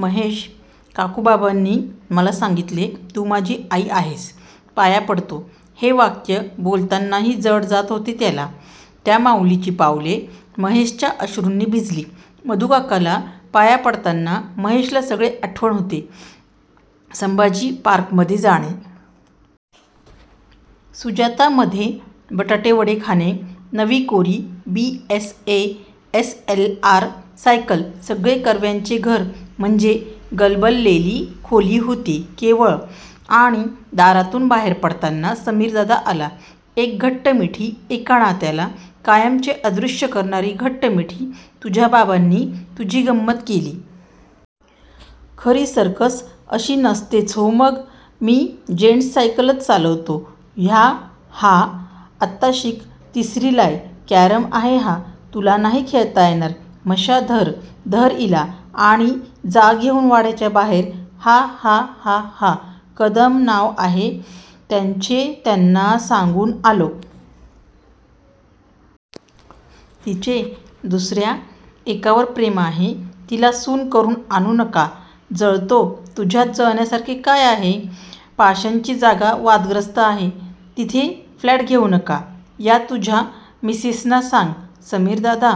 महेश काकू बाबांनी मला सांगीतले. तू माझी आई आहेस. पाया पडतो. हे वाक्य बोलतानाही जड जात होते त्याला! त्या माउलीची पावले महेशच्या अश्रुंनी भिजली. मधूकाकाला पाया पडताना महेशला सगळे आठवत होते. संभाजी पार्कमधे जाणे! सुजातामधे बटाटेवडा खाणे, नवी कोरी B. S. A. S. L. R. Cycle सगळे कर्व्यांचे घर म्हणजे गलबललेली खोली होती केवळ आणि दारातून बाहेर पडताना समीरदादा आला. एक घट्ट मिठी एका नात्याला कायमचे अदृष्य करणारी घट्ट मिठी तुझ्या बाबांनी तुझी गंमत केली. खरी सर्कस अशी नसतेच. हो मग? मी जेन्ट्स सायकलच चालवतो. ह्या हा आत्ताशिक तिसरीलाय. कॅरम आहे हा. तुला नाही खेळता येणार. म्हशा धर. धर हिला आणि जा घेऊन वाड्याच्या बाहेर हा हा हा हा, कदम नाव आहे त्यांचे त्यांना सांगून आलो. तिचे दुसर्या एकावर प्रेम आहे. तिला सून करून आणू नका. जळतो? तुझ्यात जळण्यासारखे आहे काय? पाषाणची जागा वादग्रस्त आहे. तिथे फ्लॅट घेऊ नका. या तुझ्या मिसेसना सांग. समीरदादा!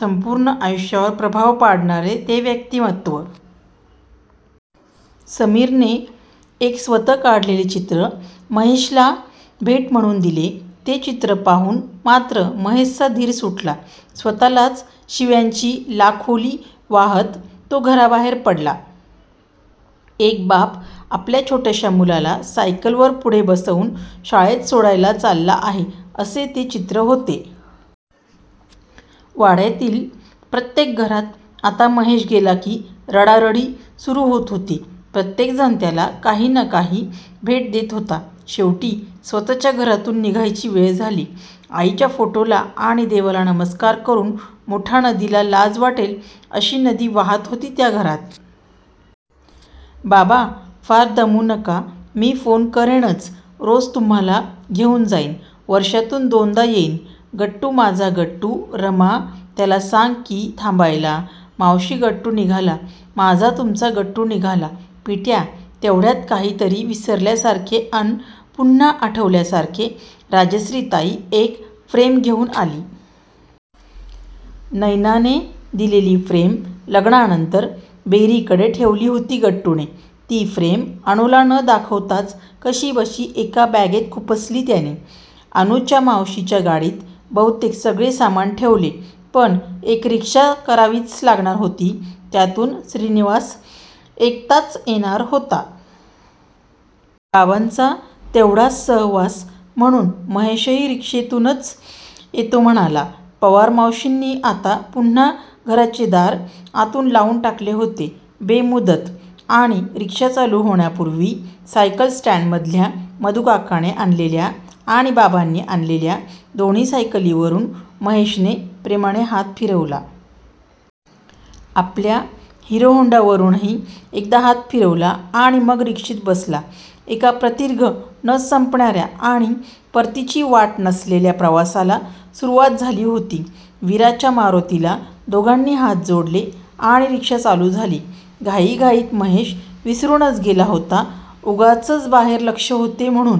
संपूर्ण आयुष्यावर प्रभाव पाडणारे ते व्यक्तीमत्व! समीरने एक स्वतः काढलेले चित्र महेशला भेट म्हणून दिले. ते चित्र पाहून मात्र महेशचा धीर सुटला. स्वतःलाच शिव्यांची लाखोली वाहात तो घराबाहेर पडला. एक बाप आपल्या छोट्याश्या मुलाला सायकलवर पुढे बसवून शाळेत सोडायला चालला आहे असे ते चित्र होते! वाड्यातील प्रत्येक घरात आता महेश गेला की रडारडी सुरू होत होती. प्रत्येक जण त्याला काही ना काही भेट देत होता. शेवटी स्वत:च्या घरातून निघायची वेळ झाली. आईच्या फोटोला आणि देवाला नमस्कार करून मुठा नदीला लाज वाटेल अशी नदी वाहात होती त्या घरात. बाबा फार दमू नका. मी फोन करेनच रोज तुम्हाला घेऊन जाईन. वर्षातून दोनदा येईन. गट्टू माझा गट्टू रमा त्याला सांग की. थांबायला मावशी गट्टू निघाला माझा तुमचा गट्टू निघाला. पिट्या तेवढ्यात काहीतरी विसरल्यासारखे अन पुन्हा आठवल्यासारखे राजश्रीताई एक फ्रेम घेऊन आली. नैनाने दिलेली फ्रेम लग्नानंतर बेरींकडे ठेवलेली होती गट्टूने! ती फ्रेम अनुला न दाखवताच कशीबशी एका बॅगेत खुपसली त्याने! अनुच्या मावशीच्या गाडीत बहुतेक सगळे सामान ठेवले. पण एक रिक्षा करावीच लागणार होती. त्यातून श्रीनिवास एकताच येणार होता. बाबांचा तेवढास सहवास म्हणून महेशही रिक्षेतूनच येतो म्हणाला. पवार मावशींनी आता पुन्हा घराचे दार आतून लावून टाकले होते. बेमुदत! आणि रिक्षा चालू होण्यापुर्वी सायकल स्टॅन्डमधल्या मधूकाकाने आणलेल्या आणि बाबांनी आणलेल्या दोन्ही सायकलींवरून महेशने प्रेमाने हात फिरवला. आपल्या हिरो होंडावरूनही एकदा हात फिरवला आणि मग रिक्षेत बसला. एका प्रदीर्घ, न संपणार्या आणि परतीची वाट नसलेल्या प्रवासाला सुरुवात झाली होती. वीराच्या मारुतीला दोघांनी हात जोडले आणि रिक्षा चालू झाली. घाईघाईत महेश विसरूनच गेला होता. उगाचच बाहेर लक्ष होते म्हणून!